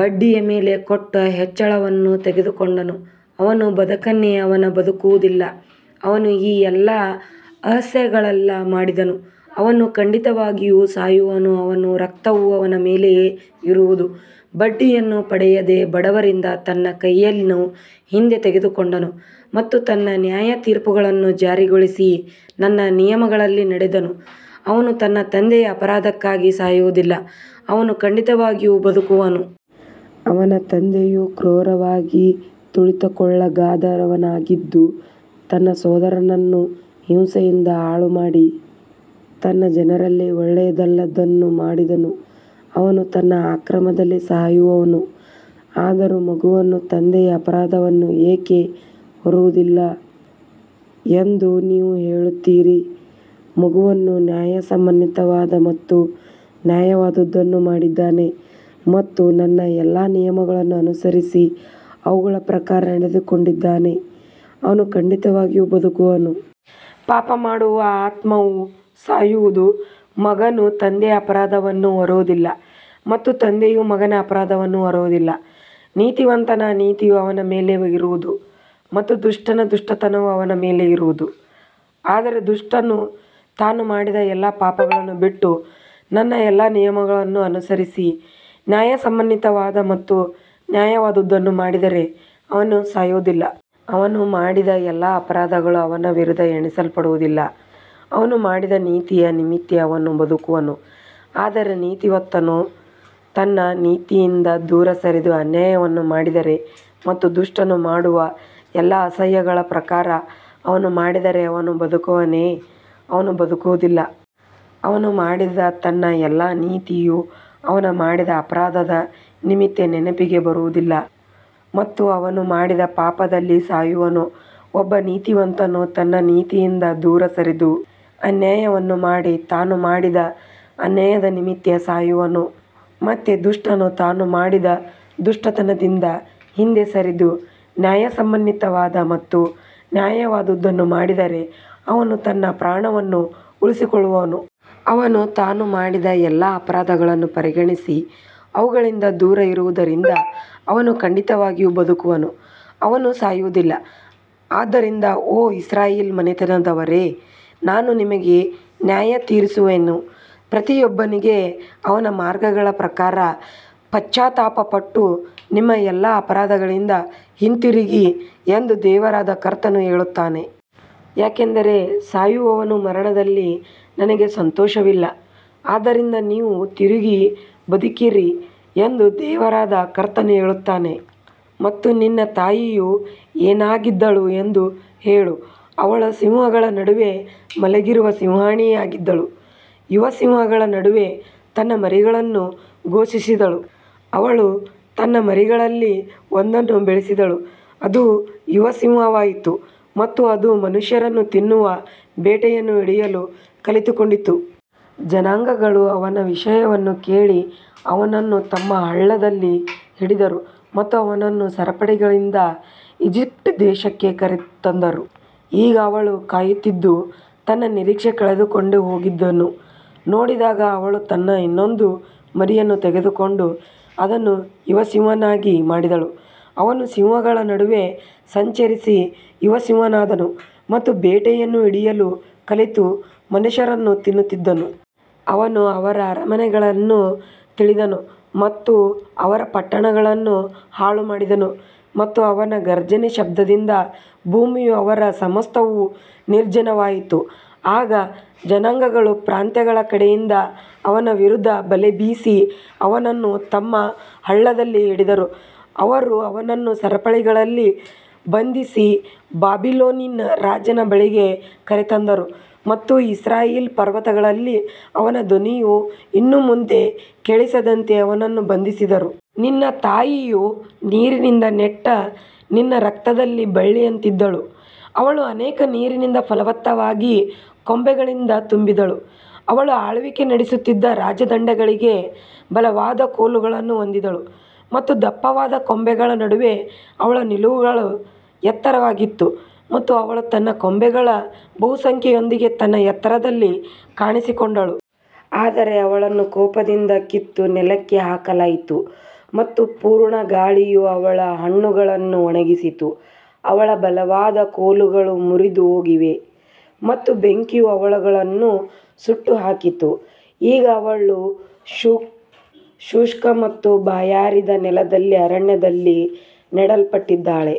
ಬಡ್ಡಿಯ ಮೇಲೆ ಕೊಟ್ಟು ಹೆಚ್ಚಳವನ್ನು ತೆಗೆದುಕೊಂಡನು, ಅವನು ಬದುಕುವನೇ, ಅವನು ಬದುಕುವುದಿಲ್ಲ. ಅವನು ಈ ಎಲ್ಲಾ ಅಸಹ್ಯಗಳನ್ನು ಮಾಡಿದನು, ಅವನು ಖಂಡಿತವಾಗಿಯೂ ಸಾಯುವನು, ಅವನ ರಕ್ತವು ಅವನ ಮೇಲೆಯೇ ಇರುವುದು. ಬಡ್ಡಿಯನ್ನು ಪಡೆಯದೆ ಬಡವರಿಂದ ತನ್ನ ಕೈಯನ್ನು ಹಿಂದೆ ತೆಗೆದುಕೊಂಡನು ಮತ್ತು ನನ್ನ ನ್ಯಾಯತೀರ್ಪುಗಳನ್ನು ಜಾರಿಗೊಳಿಸಿ ನನ್ನ ನಿಯಮಗಳಲ್ಲಿ ನಡೆದನು, ಅವನು ತನ್ನ ತಂದೆಯ ಅಪರಾಧಕ್ಕಾಗಿ ಸಾಯುವುದಿಲ್ಲ, ಅವನು ಖಂಡಿತವಾಗಿಯೂ ಬದುಕುವನು. ಅವನ ತಂದೆಯು ಕ್ರೂರವಾಗಿ ತುಳಿತಕ್ಕೊಳಗಾದವನಾಗಿದ್ದು, ತನ್ನ ಸಹೋದರನನ್ನು ಹಿಂಸೆಯಿಂದ ಹಾಳುಮಾಡಿ ತನ್ನ ಜನರಲ್ಲಿ ಒಳ್ಳೆಯದಲ್ಲದ್ದನ್ನು ಮಾಡಿದನು, ಅವನು ತನ್ನ ಅಕ್ರಮದಲ್ಲಿ ಸಾಯುವನು. ಆದರೂ ಮಗನು ತಂದೆಯ ಅಪರಾಧವನ್ನು ಏಕೆ ಹೊರುವುದಿಲ್ಲ ಎಂದು ನೀವು ಹೇಳುತ್ತೀರಿ. ಮಗನು ನ್ಯಾಯಸಮ್ಮತವಾದ ಮತ್ತು ನ್ಯಾಯವಾದದ್ದನ್ನು ಮಾಡಿದ್ದಾನೆ ಮತ್ತು ನನ್ನ ಎಲ್ಲಾ ನಿಯಮಗಳನ್ನು ಅನುಸರಿಸಿ ಅವುಗಳ ಪ್ರಕಾರ ನಡೆದುಕೊಂಡಿದ್ದಾನೆ, ಅವನು ಖಂಡಿತವಾಗಿಯೂ ಬದುಕುವನು. ಪಾಪ ಮಾಡುವ ಆತ್ಮವು ಸಾಯುವುದು. ಮಗನು ತಂದೆಯ ಅಪರಾಧವನ್ನು ಹೊರುವುದಿಲ್ಲ ಮತ್ತು ತಂದೆಯು ಮಗನ ಅಪರಾಧವನ್ನು ಹೊರುವುದಿಲ್ಲ. ನೀತಿವಂತನ ನೀತಿಯು ಅವನ ಮೇಲೆಯೇ ಇರುವುದು ಮತ್ತು ದುಷ್ಟನ ದುಷ್ಟತನವು ಅವನ ಮೇಲೆಯೇ ಇರುವುದು. ಆದರೆ ದುಷ್ಟನು ತಾನು ಮಾಡಿದ ಎಲ್ಲಾ ಪಾಪಗಳನ್ನು ಬಿಟ್ಟು ನನ್ನ ಎಲ್ಲಾ ನಿಯಮಗಳನ್ನು ಅನುಸರಿಸಿ ನ್ಯಾಯಸಮ್ಮತವಾದ ಮತ್ತು ನ್ಯಾಯವಾದದ್ದನ್ನು ಮಾಡಿದರೆ ಅವನು ಸಾಯುವುದಿಲ್ಲ. ಅವನು ಮಾಡಿದ ಎಲ್ಲಾ ಅಪರಾಧಗಳು ಅವನ ವಿರುದ್ಧ ಎಣಿಸಲ್ಪಡುವುದಿಲ್ಲ, ಅವನು ಮಾಡಿದ ನೀತಿಯ ನಿಮಿತ್ತ ಅವನು ಬದುಕುವನು. ಆದರೆ ನೀತಿವಂತನು ತನ್ನ ನೀತಿಯಿಂದ ದೂರ ಸರಿದು ಅನ್ಯಾಯವನ್ನು ಮಾಡಿದರೆ ಮತ್ತು ದುಷ್ಟನು ಮಾಡುವ ಎಲ್ಲಾ ಅಸಹ್ಯಗಳ ಪ್ರಕಾರ ಅವನು ಮಾಡಿದರೆ, ಅವನು ಬದುಕುವನೇ, ಅವನು ಬದುಕುವುದಿಲ್ಲ. ಅವನು ಮಾಡಿದ ತನ್ನ ಎಲ್ಲಾ ನೀತಿಯು ಅವನು ಮಾಡಿದ ಅಪರಾಧದ ನಿಮಿತ್ತ ನೆನಪಿಗೆ ಬರುವುದಿಲ್ಲ ಮತ್ತು ಅವನು ಮಾಡಿದ ಪಾಪದಲ್ಲಿ ಸಾಯುವನು. ಒಬ್ಬ ನೀತಿವಂತನು ತನ್ನ ನೀತಿಯಿಂದ ದೂರ ಸರಿದು ಅನ್ಯಾಯವನ್ನು ಮಾಡಿ ತಾನು ಮಾಡಿದ ಅನ್ಯಾಯದ ನಿಮಿತ್ತ ಸಾಯುವನು. ಮತ್ತೆ ದುಷ್ಟನು ತಾನು ಮಾಡಿದ ದುಷ್ಟತನದಿಂದ ಹಿಂದೆ ಸರಿದು ನ್ಯಾಯಸಮ್ಮತವಾದ ಮತ್ತು ನ್ಯಾಯವಾದದ್ದನ್ನು ಮಾಡಿದರೆ ಅವನು ತನ್ನ ಪ್ರಾಣವನ್ನು ಉಳಿಸಿಕೊಳ್ಳುವನು. ಅವನು ತಾನು ಮಾಡಿದ ಎಲ್ಲಾ ಅಪರಾಧಗಳನ್ನು ಪರಿಗಣಿಸಿ ಅವುಗಳಿಂದ ದೂರವಿರುವುದರಿಂದ ಅವನು ಖಂಡಿತವಾಗಿಯೂ ಬದುಕುವನು, ಅವನು ಸಾಯುವುದಿಲ್ಲ. ಆದ್ದರಿಂದ ಓ ಇಸ್ರಾಯೇಲ್ ಮನೆತನದವರೇ, ನಾನು ನಿಮಗೆ ನ್ಯಾಯತೀರಿಸುವೆನು, ಪ್ರತಿಯೊಬ್ಬನಿಗೂ ಅವನ ಮಾರ್ಗಗಳ ಪ್ರಕಾರ. ಪಶ್ಚಾತ್ತಾಪಪಟ್ಟು ನಿಮ್ಮ ಎಲ್ಲಾ ಅಪರಾಧಗಳಿಂದ ಹಿಂತಿರುಗಿರಿ ಎಂದು ದೇವರಾದ ಕರ್ತನು ಹೇಳುತ್ತಾನೆ. ಯಾಕಂದರೆ ಸಾಯುವವನ ಮರಣದಲ್ಲಿ ನನಗೆ ಸಂತೋಷವಿಲ್ಲ, ಆದ್ದರಿಂದ ನೀವು ತಿರುಗಿ ಬದುಕಿರಿ ಎಂದು ದೇವರಾದ ಕರ್ತನು ಹೇಳುತ್ತಾನೆ. ಮತ್ತು ನಿನ್ನ ತಾಯಿಯು ಏನಾಗಿದ್ದಳು ಎಂದು ಹೇಳು, ಅವಳು ಸಿಂಹಗಳ ನಡುವೆ ಮಲಗಿರುವ ಸಿಂಹಿಣಿಯಾಗಿದ್ದಳು, ಯುವ ಸಿಂಹಗಳ ನಡುವೆ ತನ್ನ ಮರಿಗಳನ್ನು ಪೋಷಿಸಿದಳು. ಅವಳು ತನ್ನ ಮರಿಗಳಲ್ಲಿ ಒಂದನ್ನು ಬೆಳೆಸಿದಳು, ಅದು ಯುವ ಸಿಂಹವಾಯಿತು ಮತ್ತು ಅದು ಮನುಷ್ಯರನ್ನು ತಿನ್ನುವ ಬೇಟೆಯನ್ನು ಹಿಡಿಯಲು ಕಲಿತುಕೊಂಡಿತು. ಜನಾಂಗಗಳು ಅವನ ವಿಷಯವನ್ನು ಕೇಳಿ ಅವನನ್ನು ತಮ್ಮ ಹಳ್ಳದಲ್ಲಿ ಹಿಡಿದರು ಮತ್ತು ಅವನನ್ನು ಸರಪಳಿಗಳಿಂದ ಈಜಿಪ್ಟ್ ದೇಶಕ್ಕೆ ಕರೆತಂದರು. ಈಗ ಅವಳು ಕಾಯುತ್ತಿದ್ದು, ತನ್ನ ನಿರೀಕ್ಷೆ ಕಳೆದುಹೋಗಿರುವುದನ್ನು ನೋಡಿದಾಗ, ಅವಳು ತನ್ನ ಇನ್ನೊಂದು ಮರಿಯನ್ನು ತೆಗೆದುಕೊಂಡು ಅದನ್ನು ಯುವ ಸಿಂಹವನ್ನಾಗಿ ಮಾಡಿದಳು. ಅವನು ಸಿಂಹಗಳ ನಡುವೆ ಸಂಚರಿಸಿ, ಯುವ ಸಿಂಹನಾದನು ಮತ್ತು ಬೇಟೆಯನ್ನು ಹಿಡಿಯಲು ಕಲಿತು ಮನುಷ್ಯರನ್ನು ತಿನ್ನುತ್ತಿದ್ದನು. ಅವನು ಅವರ ಅರಮನೆಗಳನ್ನು ತಿಳಿದನು ಮತ್ತು ಅವರ ಪಟ್ಟಣಗಳನ್ನು ಹಾಳುಮಾಡಿದನು ಮತ್ತು ಅವನ ಘರ್ಜನೆಯ ಶಬ್ದದಿಂದ ಭೂಮಿಯೂ ಅದರ ಸಮಸ್ತವೂ ನಿರ್ಜನವಾಯಿತು. ಆಗ ಜನಾಂಗಗಳು ಪ್ರಾಂತ್ಯಗಳ ಕಡೆಯಿಂದ ಅವನ ವಿರುದ್ಧ ಬಲೆ ಬೀಸಿ ಅವನನ್ನು ತಮ್ಮ ಹಳ್ಳದಲ್ಲಿ ಹಿಡಿದರು. ಅವರು ಅವನನ್ನು ಸರಪಳಿಗಳಲ್ಲಿ ಬಂಧಿಸಿ ಬಾಬಿಲೋನಿನ ರಾಜನ ಬಳಿಗೆ ಕರೆತಂದರು ಮತ್ತು ಇಸ್ರಾಯೇಲ್ ಪರ್ವತಗಳಲ್ಲಿ ಅವನ ಧ್ವನಿಯು ಇನ್ನು ಮುಂದೆ ಕೇಳಿಸದಂತೆ ಅವನನ್ನು ಬಂಧಿಸಿದರು. ನಿನ್ನ ತಾಯಿಯು ನೀರಿನಿಂದ ನೆಟ್ಟ ನಿನ್ನ ರಕ್ತದಲ್ಲಿ ಬಳ್ಳಿಯಂತಿದ್ದಳು, ಅವಳು ಅನೇಕ ನೀರಿನಿಂದ ಫಲವತ್ತಾಗಿ ಕೊಂಬೆಗಳಿಂದ ತುಂಬಿದ್ದಳು. ಅವಳು ಆಳ್ವಿಕೆ ನಡೆಸುತ್ತಿದ್ದ ರಾಜದಂಡಗಳಿಗೆ ಬಲವಾದ ಕೋಲುಗಳನ್ನು ಹೊಂದಿದ್ದಳು ಮತ್ತು ದಪ್ಪವಾದ ಕೊಂಬೆಗಳ ನಡುವೆ ಅವಳ ನಿಲುವು ಎತ್ತರವಾಗಿತ್ತು ಮತ್ತು ಅವಳು ತನ್ನ ಕೊಂಬೆಗಳ ಬಹುಸಂಖ್ಯೆಯೊಂದಿಗೆ ತನ್ನ ಎತ್ತರದಲ್ಲಿ ಕಾಣಿಸಿಕೊಂಡಳು. ಆದರೆ ಅವಳನ್ನು ಕೋಪದಿಂದ ಕಿತ್ತು ನೆಲಕ್ಕೆ ಹಾಕಲಾಯಿತು ಮತ್ತು ಪೂರ್ವಗಾಳಿಯು ಅವಳ ಹಣ್ಣುಗಳನ್ನು ಒಣಗಿಸಿತು, ಅವಳ ಬಲವಾದ ಕೋಲುಗಳು ಮುರಿದುಹೋಗಿವೆ ಮತ್ತು ಬೆಂಕಿಯು ಅವುಗಳನ್ನು ಸುಟ್ಟುಹಾಕಿತು. ಈಗ ಅವಳು ಶುಷ್ಕ ಮತ್ತು ಬಾಯಾರಿದ ನೆಲದಲ್ಲಿ ಅರಣ್ಯದಲ್ಲಿ ನೆಡಲ್ಪಟ್ಟಿದ್ದಾಳೆ.